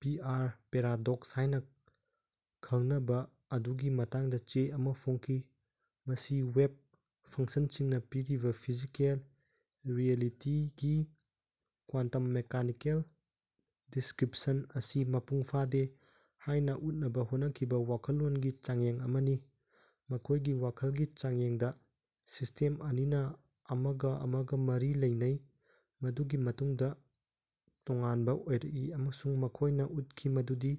ꯄꯤ. R. Paradox ꯍꯥꯏꯅ ꯈꯡꯅꯕ ꯑꯗꯨꯒꯤ ꯃꯇꯥꯡꯗ ꯆꯦ ꯑꯃ ꯐꯣꯡꯈꯤ꯫ ꯃꯁꯤ "ꯋꯦꯕ ꯐꯡꯁꯟꯁꯤꯡꯅ ꯄꯤꯔꯤꯕ ꯐꯤꯖꯤꯀꯦꯜ ꯔꯤꯌꯦꯂꯤꯇꯤꯒꯤ ꯀ꯭ꯋꯥꯟꯇꯝ-ꯃꯦꯀꯥꯅꯤꯀꯦꯜ ꯗꯤꯁꯀ꯭ꯔꯤꯞꯁꯟ ꯑꯁꯤ ꯃꯄꯨꯡ ꯐꯥꯗꯦ" ꯍꯥꯏꯅ ꯎꯠꯅꯕ ꯍꯣꯠꯅꯈꯤꯕ ꯋꯥꯈꯜꯂꯣꯟꯒꯤ ꯆꯥꯡꯌꯦꯡ ꯑꯃꯅꯤ꯫ ꯃꯈꯣꯏꯒꯤ ꯋꯥꯈꯜꯒꯤ ꯆꯥꯡꯌꯦꯡꯗ ꯁꯤꯁꯇꯦꯝ ꯑꯅꯤꯅ ꯑꯃꯒ ꯑꯃꯒ ꯃꯔꯤ ꯂꯩꯅꯩ, ꯃꯗꯨꯒꯤ ꯃꯇꯨꯡꯗ ꯇꯣꯉꯥꯟꯕ ꯑꯣꯏꯔꯛꯏ, ꯑꯃꯁꯨꯡ ꯃꯈꯣꯏꯅ ꯎꯠꯈꯤ ꯃꯗꯨꯗꯤ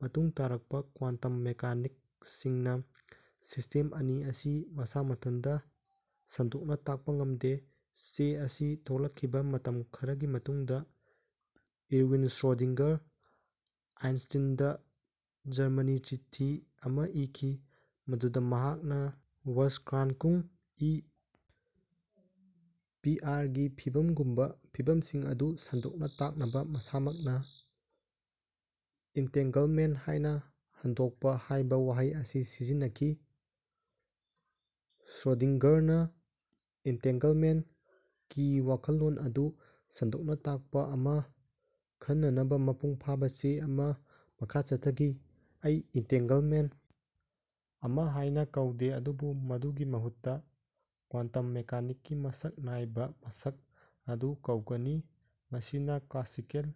ꯃꯇꯨꯡ ꯇꯥꯔꯛꯄ ꯀ꯭ꯋꯥꯟꯇꯝ ꯃꯦꯀꯥꯅꯤꯛꯁꯤꯡꯅ ꯁꯤꯁꯇꯦꯝ ꯑꯅꯤ ꯑꯁꯤ ꯃꯁꯥ ꯃꯊꯟꯇ ꯁꯟꯗꯣꯛꯅ ꯇꯥꯛꯄ ꯉꯝꯗꯦ꯫ ꯆꯦ ꯑꯁꯤ ꯊꯣꯛꯂꯛꯈꯤꯕ ꯃꯇꯝ ꯈꯔꯒꯤ ꯃꯇꯨꯡꯗ ꯏꯔꯋꯤꯟ ꯁ꯭ꯔꯣꯗꯤꯡꯒꯔ ꯑꯥꯏꯟꯁꯇꯤꯟꯗ ꯖꯔꯃꯅꯤ ꯆꯤꯊꯤ ꯑꯃ ꯏꯈꯤ ꯃꯗꯨꯗ ꯃꯍꯥꯛꯅ ꯋꯔꯁ꯭ꯀ꯭ꯔꯥꯟꯀꯨꯡ (ꯏ. ꯄꯤ. ꯑꯥꯔ. ꯒꯤ ꯐꯤꯚꯝꯒꯨꯝꯕ ꯐꯤꯚꯝꯁꯤꯡ ꯑꯗꯨ ꯁꯟꯗꯣꯛꯅ ꯇꯥꯛꯅꯕ ꯃꯁꯥꯃꯛꯅ ꯏꯟꯇꯦꯡꯒꯜꯃꯦꯟ ꯍꯥꯏꯅ ꯍꯟꯗꯣꯛꯄ) ꯍꯥꯏꯕ ꯋꯥꯍꯩ ꯑꯁꯤ ꯁꯤꯖꯤꯟꯅꯈꯤ꯫ ꯁ꯭ꯔꯣꯗꯤꯟꯒꯔꯅ ꯏꯟꯇꯦꯡꯒꯜꯃꯦꯟ ꯀꯤ ꯋꯥꯈꯜꯂꯣꯟ ꯑꯗꯨ ꯁꯟꯗꯣꯛꯅ ꯇꯥꯛꯄ ꯑꯃ ꯈꯟꯅꯅꯕ ꯃꯄꯨꯡ ꯐꯥꯕ ꯆꯦ ꯑꯃ ꯃꯈꯥ ꯆꯠꯊꯈꯤ, "ꯑꯩ ꯏꯟꯇꯦꯡꯒꯜꯃꯦꯟ ꯑꯃ ꯍꯥꯏꯅ ꯀꯧꯗꯦ ꯑꯗꯨꯕꯨ ꯃꯗꯨꯒꯤ ꯃꯍꯨꯠꯇ ꯀ꯭ꯋꯥꯟꯇꯝ ꯃꯦꯀꯥꯅꯤꯛꯀꯤ ꯃꯁꯛ ꯅꯥꯏꯕ ꯃꯁꯛ ꯑꯗꯨ ꯀꯧꯒꯅꯤ, ꯃꯁꯤꯅ ꯀ꯭ꯂꯥꯁꯤꯀꯦꯜ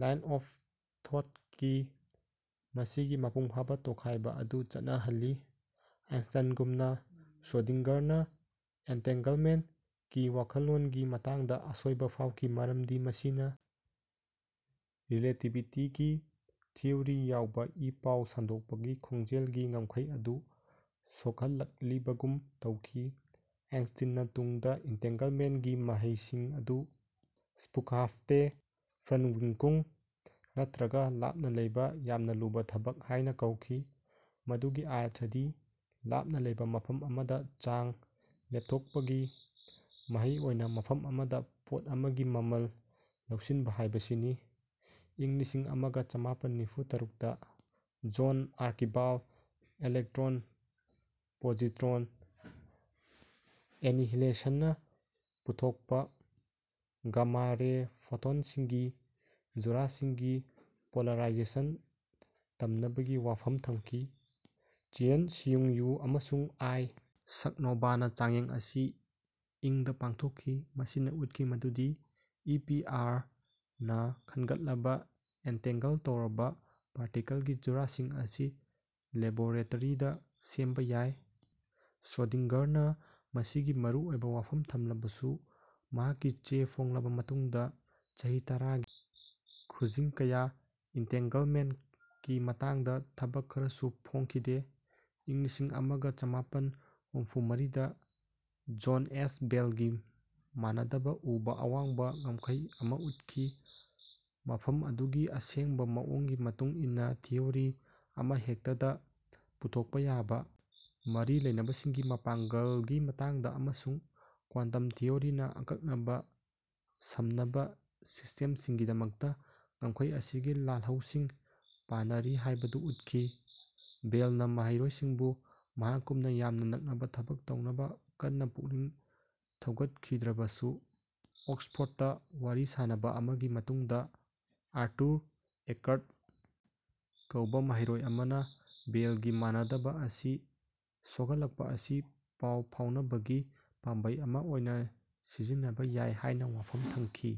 ꯂꯥꯏꯟ ꯑꯣꯐ ꯊꯣꯠꯇꯒꯤ ꯃꯁꯤꯒꯤ ꯃꯄꯨꯡꯐꯥꯕ ꯇꯣꯈꯥꯏꯕ ꯑꯗꯨ ꯆꯠꯅꯍꯜꯂꯤ꯫" ꯑꯥꯏꯟꯁ꯭ꯇꯤꯟꯒꯨꯝꯅ ꯁ꯭ꯔꯣꯗꯤꯟꯒꯔꯅ ꯑꯦꯟꯇꯦꯡꯒꯜꯃꯦꯟ ꯀꯤ ꯋꯥꯈꯜꯂꯣꯟꯒꯤ ꯃꯇꯥꯡꯗ ꯑꯁꯣꯏꯕ ꯐꯥꯎꯈꯤ ꯃꯔꯝꯗꯤ ꯃꯁꯤꯅ ꯔꯤꯂꯦꯇꯤꯚꯤꯇꯤꯒꯤ ꯊꯤꯑꯣꯔꯤ ꯌꯥꯎꯕ ꯏ-ꯄꯥꯎ ꯁꯟꯗꯣꯛꯄꯒꯤ ꯈꯣꯡꯖꯦꯜꯒꯤ ꯉꯝꯈꯩ ꯑꯗꯨ ꯁꯣꯛꯍꯜꯂꯛꯂꯤꯕꯒꯨꯝ ꯇꯧꯈꯤ꯫ ꯑꯥꯏꯟꯁꯇꯤꯟꯅ ꯇꯨꯡꯗ ꯏꯟꯇꯦꯡꯒꯜꯃꯦꯟ ꯒꯤ ꯃꯍꯩꯁꯤꯡ ꯑꯗꯨ "ꯁ꯭ꯄꯨꯈꯥꯐꯇꯦ ꯐꯔꯟꯋꯤꯔꯀꯨꯡ" ꯅꯠꯇ꯭ꯔꯒ "ꯂꯥꯞꯅ ꯂꯩꯕ ꯌꯥꯝꯅ ꯂꯨꯕ ꯊꯕꯛ" ꯍꯥꯏꯅ ꯀꯧꯈꯤ, ꯃꯗꯨꯒꯤ ꯑꯔꯊꯗꯤ ꯂꯥꯞꯅ ꯂꯩꯕ ꯃꯐꯝ ꯑꯃꯗ ꯆꯥꯡ ꯂꯦꯞꯊꯣꯛꯄꯒꯤ ꯃꯍꯩ ꯑꯣꯏꯅ ꯃꯐꯝ ꯑꯃꯗ ꯄꯣꯠ ꯑꯃꯒꯤ ꯃꯃꯜ ꯂꯧꯁꯤꯟꯕ ꯍꯥꯏꯕꯁꯤꯅꯤ꯫ ꯏꯪ ꯂꯤꯁꯤꯡ ꯑꯃꯒ ꯆꯃꯥꯄꯟ ꯅꯤꯐꯨ ꯇꯔꯨꯛꯇ ꯖꯣꯟ ꯑꯥꯔꯀꯤꯕꯥꯜꯗ ꯏꯂꯦꯛꯇ꯭ꯔꯣꯟ-ꯄꯣꯖꯤꯇ꯭ꯔꯣꯟ ꯑꯦꯅꯤꯍꯤꯂꯦꯁꯟꯅ ꯄꯨꯊꯣꯛꯄ ꯒꯃꯥ-ꯔꯦ ꯐꯣꯇꯣꯟꯁꯤꯡꯒꯤ ꯖꯨꯔꯥꯁꯤꯡꯒꯤ ꯄꯣꯂꯔꯥꯏꯖꯦꯁꯟ ꯇꯝꯅꯕꯒꯤ ꯋꯥꯐꯝ ꯊꯝꯈꯤ꯫ ꯆꯤꯌꯟ-ꯁꯤꯌꯨꯡ ꯋꯨ ꯑꯃꯁꯨꯡ ꯑꯥꯏ. ꯁꯛꯅꯣꯚꯅ ꯆꯥꯡꯌꯦꯡ ꯑꯁꯤ ꯏꯪ ꯗ ꯄꯥꯡꯊꯣꯛꯈꯤ, ꯃꯁꯤꯅ ꯎꯠꯈꯤ ꯃꯗꯨꯗꯤ ꯏ. ꯄꯤ. ꯑꯥꯔ. ꯅ ꯈꯟꯒꯠꯂꯕ ꯑꯦꯟꯇꯦꯡꯒꯜ ꯇꯧꯔꯕ ꯄꯥꯔꯇꯤꯀꯜꯀꯤ ꯖꯨꯔꯥꯁꯤꯡ ꯑꯁꯤ ꯂꯦꯕꯣꯔꯦꯇꯔꯤꯗ ꯁꯦꯝꯕ ꯌꯥꯏ꯫ ꯁ꯭ꯔꯣꯗꯤꯡꯒꯔꯅ ꯃꯁꯤꯒꯤ ꯃꯔꯨꯑꯣꯏꯕꯒꯤ ꯋꯥꯐꯝ ꯊꯝꯂꯕꯁꯨ, ꯃꯍꯥꯛꯀꯤ ꯆꯦ ꯐꯣꯡꯂꯕ ꯃꯇꯨꯡꯗ ꯆꯍꯤ ꯇꯔꯥꯒꯤ ꯈꯨꯖꯤꯡ ꯀꯌꯥ ꯏꯟꯇꯦꯡꯒꯜꯃꯦꯟ ꯀꯤ ꯃꯇꯥꯡꯗ ꯊꯕꯛ ꯈꯔꯁꯨ ꯐꯣꯡꯈꯤꯗꯦ꯫ ꯏꯪ ꯂꯤꯁꯤꯡ ꯑꯃꯒ ꯆꯃꯥꯄꯟ ꯍꯨꯝꯐꯨ ꯃꯔꯤꯗ ꯖꯣꯟ ꯑꯦꯁ ꯕꯦꯜꯒꯤ ꯃꯥꯟꯅꯗꯕ ꯎꯕ ꯑꯋꯥꯡꯕ ꯉꯝꯈꯩ ꯑꯃ ꯎꯠꯈꯤ, ꯃꯐꯝ ꯑꯗꯨꯒꯤ ꯑꯁꯦꯡꯕ ꯃꯑꯣꯡꯒꯤ ꯃꯇꯨꯡ ꯏꯟꯅ ꯊꯤꯑꯣꯔꯤ ꯑꯃꯍꯦꯛꯇꯗ ꯄꯨꯊꯣꯛꯄ ꯌꯥꯕ ꯃꯔꯤ ꯂꯩꯅꯕꯁꯤꯡꯒꯤ ꯃꯄꯥꯡꯒꯜꯒꯤ ꯃꯇꯥꯡꯗ ꯑꯃꯁꯨꯡ ꯀ꯭ꯋꯥꯟꯇꯝ ꯊꯤꯑꯣꯔꯤꯅ ꯑꯀꯛꯅꯕ ꯁꯝꯅꯕ ꯁꯤꯁ꯭ꯇꯦꯝꯁꯤꯡꯒꯤꯗꯃꯛꯇ ꯉꯝꯈꯩ ꯑꯁꯤꯒꯤ ꯂꯥꯜꯍꯧꯁꯤꯡ ꯄꯥꯅꯔꯤ ꯍꯥꯏꯕꯗꯨ ꯎꯠꯈꯤ꯫ ꯕꯦꯜꯅ ꯃꯍꯩꯔꯣꯏꯁꯤꯡꯕꯨ ꯃꯍꯥꯛꯀꯨꯝꯅ ꯌꯥꯝꯅ ꯅꯛꯅꯕ ꯊꯕꯛ ꯇꯧꯅꯕ ꯀꯟꯅ ꯄꯨꯛꯅꯤꯡ ꯊꯧꯒꯠꯈꯤꯗ꯭ꯔꯕꯁꯨ ꯑꯣꯛꯁꯐꯣꯔ꯭ꯗꯇ ꯋꯥꯔꯤ ꯁꯥꯅꯕ ꯑꯃꯒꯤ ꯃꯇꯨꯡꯗ ꯑꯥꯔꯇꯨꯔ ꯑꯦꯀꯔ꯭ꯠ ꯀꯧꯕ ꯃꯍꯩꯔꯣꯏ ꯑꯃꯅ ꯕꯦꯜꯒꯤ ꯃꯥꯟꯅꯗꯕ ꯑꯁꯤ ꯁꯣꯛꯍꯜꯂꯛꯄ ꯑꯁꯤ ꯄꯥꯎ ꯐꯥꯎꯅꯕꯒꯤ ꯄꯥꯝꯕꯩ ꯑꯃ ꯑꯣꯏꯅ ꯁꯤꯖꯤꯟꯅꯕ ꯌꯥꯏ ꯍꯥꯏꯅ ꯋꯥꯐꯝ ꯊꯝꯈꯤ꯫